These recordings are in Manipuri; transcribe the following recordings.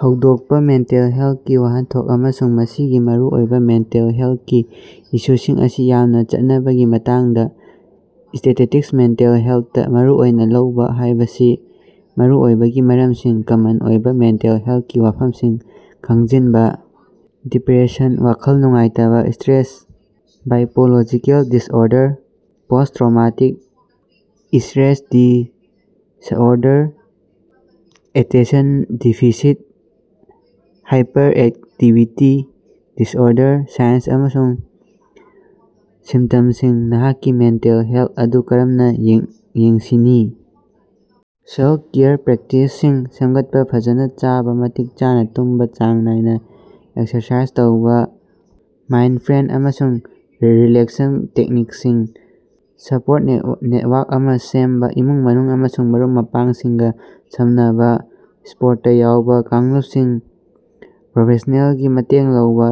ꯍꯧꯗꯣꯛꯄ ꯃꯦꯟꯇꯦꯜ ꯍꯦꯂꯇꯀꯤ ꯋꯥꯍꯟꯊꯣꯛ ꯑꯃꯁꯨꯡ ꯃꯁꯤꯒꯤ ꯃꯔꯨꯑꯣꯏꯕ ꯃꯦꯟꯇꯦꯜ ꯍꯦꯂꯇꯀꯤ ꯏꯁꯨꯁꯤꯡ ꯑꯁꯤ ꯌꯥꯝꯅ ꯆꯠꯅꯕꯒꯤ ꯃꯇꯥꯡꯗ ꯁ꯭ꯇꯦꯇꯤꯁ꯭ꯇꯤꯛꯁ ꯃꯦꯟꯇꯦꯜ ꯍꯦꯂꯇꯇꯥ ꯃꯔꯨꯑꯣꯏꯅ ꯂꯧꯕ ꯍꯥꯏꯕꯁꯤ ꯃꯔꯨꯑꯣꯏꯕꯒꯤ ꯃꯔꯝꯁꯤꯡ ꯀꯃꯟ ꯑꯣꯏꯕ ꯃꯦꯟꯇꯦꯜ ꯍꯦꯂꯇꯀꯤ ꯋꯥꯐꯝꯁꯤꯡ ꯈꯪꯖꯤꯟꯕ, ꯗꯤꯄꯔꯦꯁꯟ, ꯋꯥꯈꯜ ꯅꯨꯡꯉꯥꯏꯇꯕ, stress, biological disorder, posttraumatic stress disorder, attention deficit hyperactivity disorder, sign ꯑꯃꯁꯨꯡ ꯁꯤꯝꯇꯝꯁꯤꯡ, ꯅꯍꯥꯛꯀꯤ ꯃꯦꯟꯇꯦꯜ ꯍꯦꯂꯇ ꯑꯗꯨ ꯀꯔꯝꯅ ꯌꯦꯡꯁꯤꯅꯤ. ꯁꯦꯂꯇ-ꯀꯦꯌꯔ ꯄ꯭ꯔꯦꯛꯇꯤꯁꯁꯤꯡ ꯁꯦꯝꯒꯠꯄꯥ ꯐꯖꯅꯥ ꯆꯥꯕ ꯃꯇꯤꯛ ꯆꯥꯅ ꯇꯨꯝꯕꯥ ꯆꯥꯡ ꯅꯥꯏꯅꯥ ꯑꯦꯛꯁꯔꯁꯥꯏꯖ ꯇꯧꯕꯥ ꯃꯥꯏꯟꯗꯐ꯭ꯔꯦꯟꯗ ꯑꯃꯁꯨꯡ ꯔꯤꯂꯦꯛꯁꯟ ꯇꯦꯛꯅꯤꯛꯁꯤꯡ. ꯁꯄꯣꯔꯠ ꯅꯦꯇꯋꯥꯔꯛ ꯑꯃ ꯁꯦꯝꯕꯥ ꯏꯃꯨꯡ-ꯃꯅꯨꯡ ꯑꯃꯁꯨꯡ ꯃꯔꯨꯞ-ꯃꯄꯥꯡꯁꯤꯡꯒ ꯁꯝꯅꯕꯥ ꯁꯄꯣꯔꯇꯇꯥ ꯌꯥꯎꯕ꯫ ꯀꯥꯡꯂꯨꯞꯁꯤꯡ ꯄ꯭ꯔꯣꯐꯦꯁ꯭ꯅꯦꯜꯒꯤ ꯃꯇꯦꯡ ꯂꯧꯕ.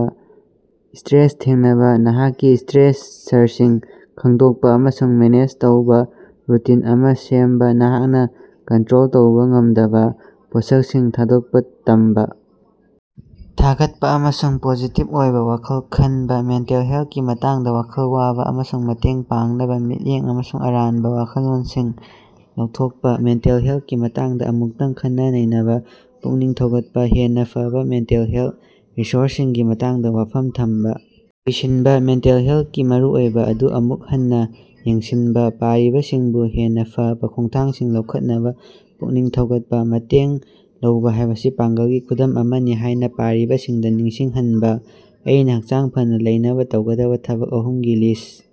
ꯁ꯭ꯇꯔꯦꯁ ꯊꯦꯡꯅꯕꯥ ꯅꯍꯥꯛꯀꯤ ꯁ꯭ꯇꯔꯦꯁꯔꯁꯤꯡ ꯈꯪꯗꯣꯛꯄꯥ ꯑꯃꯁꯨꯡ ꯃꯦꯅꯦꯖ ꯇꯧꯕ ꯔꯨꯇꯤꯟ ꯑꯃ ꯁꯦꯝꯕꯥ ꯅꯍꯥꯛꯅ ꯀꯟꯇꯔꯣꯜ ꯇꯧꯕ ꯉꯝꯗꯕꯥ ꯄꯣꯠꯁꯛꯁꯤꯡ ꯊꯥꯗꯣꯛꯄ ꯇꯝꯕꯥ. ꯊꯥꯒꯠꯄ ꯑꯃꯁꯨꯡ ꯄꯣꯖꯤꯇꯤꯚ ꯑꯣꯏꯕ ꯋꯥꯈꯜ ꯈꯟꯕꯥ. ꯃꯦꯟꯇꯦꯜ ꯍꯦꯜꯇꯀꯤ ꯃꯇꯥꯡꯗ ꯋꯥꯈꯜ ꯋꯥꯕ ꯑꯃꯁꯨꯡ ꯃꯇꯦꯡ ꯄꯥꯡꯅꯕꯥ. ꯃꯤꯠꯌꯦꯡ ꯑꯃꯁꯨꯡ ꯑꯔꯥꯟꯕ ꯋꯥꯈꯜꯂꯣꯟꯁꯤꯡ ꯂꯧꯊꯣꯛꯄ. ꯃꯦꯟꯇꯦꯜ ꯍꯦꯜꯇꯀꯤ ꯃꯇꯥꯡꯗ ꯑꯃꯨꯛꯇꯪ ꯈꯟꯅ-ꯅꯩꯅꯕꯥ ꯄꯨꯛꯅꯤꯡ ꯊꯧꯒꯠꯄꯥ. ꯍꯦꯟꯅꯥ ꯐꯕꯥ ꯃꯦꯟꯇꯦꯜ ꯍꯦꯜꯇ ꯔꯤꯁꯣꯔꯁꯁꯤꯡꯒꯤ ꯃꯇꯥꯡꯗ ꯋꯥꯐꯝ ꯊꯝꯕꯥ. ꯂꯣꯏꯁꯤꯟꯕꯥ. ꯃꯦꯟꯇꯦꯜ ꯍꯦꯜꯇꯀꯤ ꯃꯔꯨꯑꯣꯏꯕ ꯑꯗꯨ ꯑꯃꯨꯛ ꯍꯟꯅꯥ ꯌꯦꯡꯁꯤꯟꯕ ꯄꯥꯔꯤꯕꯁꯤꯡꯕꯨ ꯍꯦꯟꯅꯥ ꯐꯕꯥ ꯈꯣꯡꯊꯥꯡꯁꯤꯡ ꯂꯧꯈꯠꯅꯕꯥ ꯄꯨꯛꯅꯤꯡ ꯊꯧꯒꯠꯄꯥ꯫ ꯃꯇꯦꯡ ꯂꯧꯕ ꯍꯥꯏꯕꯁꯤ ꯄꯥꯡꯒꯜꯒꯤ ꯈꯨꯗꯝ ꯑꯃꯅꯤ ꯍꯥꯏꯅꯥ ꯄꯥꯔꯤꯕꯁꯤꯡꯗꯥ ꯅꯤꯡꯁꯤꯡ ꯍꯟꯕꯥ꯫ ꯑꯩꯅꯥ ꯍꯛꯆꯥꯡ ꯐꯅꯥ ꯂꯩꯅꯕ ꯇꯧꯒꯗꯕꯥ ꯊꯕꯛ ꯑꯍꯨꯝꯒꯤ ꯂꯤꯁ꯭ꯠ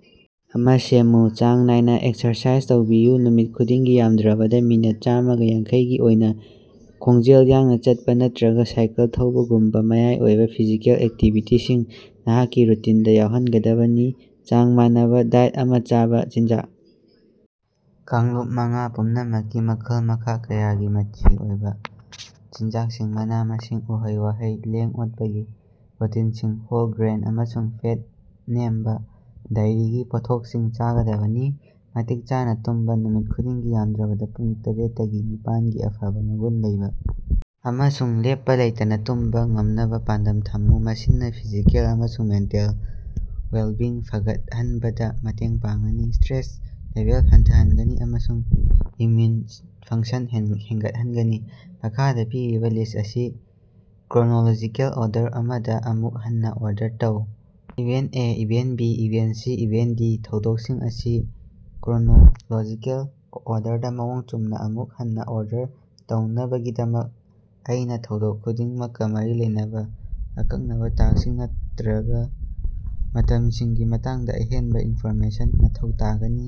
ꯑꯃ ꯁꯦꯝꯃꯨ꯫ ꯆꯥꯡ ꯅꯥꯏꯅ ꯑꯦꯛꯁꯔꯁꯥꯏꯖ ꯇꯧꯕꯤꯌꯨ: ꯅꯨꯃꯤꯠ ꯈꯨꯗꯤꯡꯒꯤ ꯌꯥꯝꯗ꯭ꯔꯕꯗ ꯃꯤꯅꯠ ꯆꯥꯝꯃꯒ ꯌꯥꯡꯈꯩ ꯒꯤ ꯑꯣꯏꯅ ꯈꯣꯡꯖꯦꯜ ꯌꯥꯡꯅ ꯆꯠꯄꯥ ꯅꯠꯇꯔꯒ ꯁꯥꯏꯀꯜ ꯊꯧꯕꯒꯨꯝꯕꯥ ꯃꯌꯥꯏ ꯑꯣꯏꯕ ꯐꯤꯖꯤꯀꯦꯜ ꯑꯦꯛꯇꯤꯚꯤꯇꯤꯁꯤꯡ ꯅꯍꯥꯛꯀꯤ ꯔꯨꯇꯤꯟꯗꯥ ꯌꯥꯎꯍꯒꯗꯕꯅꯤ꯫ ꯆꯥꯡ ꯃꯥꯟꯅꯕ ꯗꯥꯏꯠ ꯑꯃ ꯆꯥꯕ: ꯆꯤꯟꯖꯥꯛ ꯀꯥꯡꯂꯨꯞ ꯃꯉꯥ ꯄꯨꯝꯅꯃꯛꯀꯤ ꯃꯈꯜ-ꯃꯈꯥ ꯀꯌꯥꯒꯤ ꯃꯆꯤ ꯑꯣꯏꯕꯥ ꯆꯤꯟꯖꯥꯛꯁꯤꯡ ꯃꯅꯥ-ꯃꯁꯤꯡ, ꯎꯍꯩ-ꯋꯥꯍꯩ, ꯂꯦꯡ-ꯑꯣꯠꯄꯒꯤ ꯄ꯭ꯔꯣꯇꯤꯟꯁꯤꯡ, ꯍꯣꯜ ꯒ꯭ꯔꯦꯟ, ꯑꯃꯁꯨꯡ ꯐꯦꯠ ꯅꯦꯝꯕꯥ ꯗꯥꯏꯔꯤꯒꯤ ꯄꯣꯠꯊꯣꯛꯁꯤꯡ ꯆꯥꯒꯗꯕꯅꯤ꯫ ꯃꯇꯤꯛ ꯆꯥꯅ ꯇꯨꯝꯕꯥ: ꯅꯨꯃꯤꯠ ꯈꯨꯗꯤꯡꯒꯤ ꯌꯥꯝꯗ꯭ꯔꯕꯗ ꯄꯨꯡ ꯇꯔꯦꯠꯇꯒꯤ ꯅꯤꯄꯥꯟ ꯒꯤ ꯑꯐꯕꯥ ꯃꯒꯨꯟ ꯂꯩꯕ ꯑꯃꯁꯨꯡ ꯂꯦꯞꯄꯥ ꯂꯩꯇꯅꯥ ꯇꯨꯝꯕꯥ ꯉꯝꯅꯕꯥ ꯄꯥꯟꯗꯝ ꯊꯝꯃꯨ꯫ ꯃꯁꯤꯅꯥ ꯐꯤꯖꯤꯀꯦꯜ ꯑꯃꯁꯨꯡ ꯃꯦꯟꯇꯦꯜ ꯋꯦꯜꯕꯤꯡ ꯐꯒꯠꯍꯟꯕꯗꯥ ꯃꯇꯦꯡ ꯄꯥꯡꯒꯅꯤ, ꯁ꯭ꯇꯔꯦꯁ ꯂꯦꯚꯦꯜ ꯍꯟꯊꯍꯟꯒꯅꯤ ꯑꯃꯁꯨꯡ ꯏꯝꯃꯌꯨꯟ ꯐꯪꯁꯟ ꯍꯦꯒꯠꯍꯟꯒꯅꯤ꯫ ꯃꯈꯥꯗ ꯄꯤꯔꯤꯕꯥ ꯂꯤꯁ ꯑꯁꯤ ꯀ꯭ꯔꯣꯅꯣꯂꯣꯖꯤꯀꯦꯜ ꯑꯣꯔꯗꯔ ꯑꯃꯗ ꯑꯃꯨꯛ ꯍꯟꯅꯥ ꯑꯣꯔꯗꯔ ꯇꯧ꯫ Event A, event B, event C, event D ꯊꯧꯗꯣꯛꯁꯤꯡ ꯑꯁꯤ ꯀ꯭ꯔꯣꯅꯣꯂꯣꯖꯤꯀꯦꯜ ꯑꯣꯔꯗꯔꯗꯥ ꯃꯑꯣꯡ ꯆꯨꯝꯅꯥ ꯑꯃꯨꯛ ꯍꯟꯅꯥ ꯑꯣꯔꯗꯔ ꯇꯧꯅꯕꯒꯤꯗꯃꯛ, ꯑꯩꯅ ꯊꯧꯗꯣꯛ ꯈꯨꯗꯤꯡꯃꯛꯀꯥ ꯃꯔꯤ ꯂꯩꯅꯕ ꯑꯀꯛꯅꯕꯥ ꯇꯥꯡꯁꯤꯡ ꯅꯠꯇꯔꯒꯥ ꯃꯇꯝꯁꯤꯡꯒꯤ ꯃꯇꯥꯡꯗ ꯑꯍꯦꯟꯕꯥ ꯏꯟꯐꯣꯔꯃꯦꯁꯟ ꯃꯊꯧ ꯇꯥꯒꯅꯤ꯫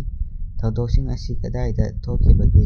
ꯊꯧꯗꯣꯛꯁꯤꯡ ꯑꯁꯤ ꯀꯗꯥꯏꯗ ꯊꯣꯛꯈꯤꯕꯒꯦ?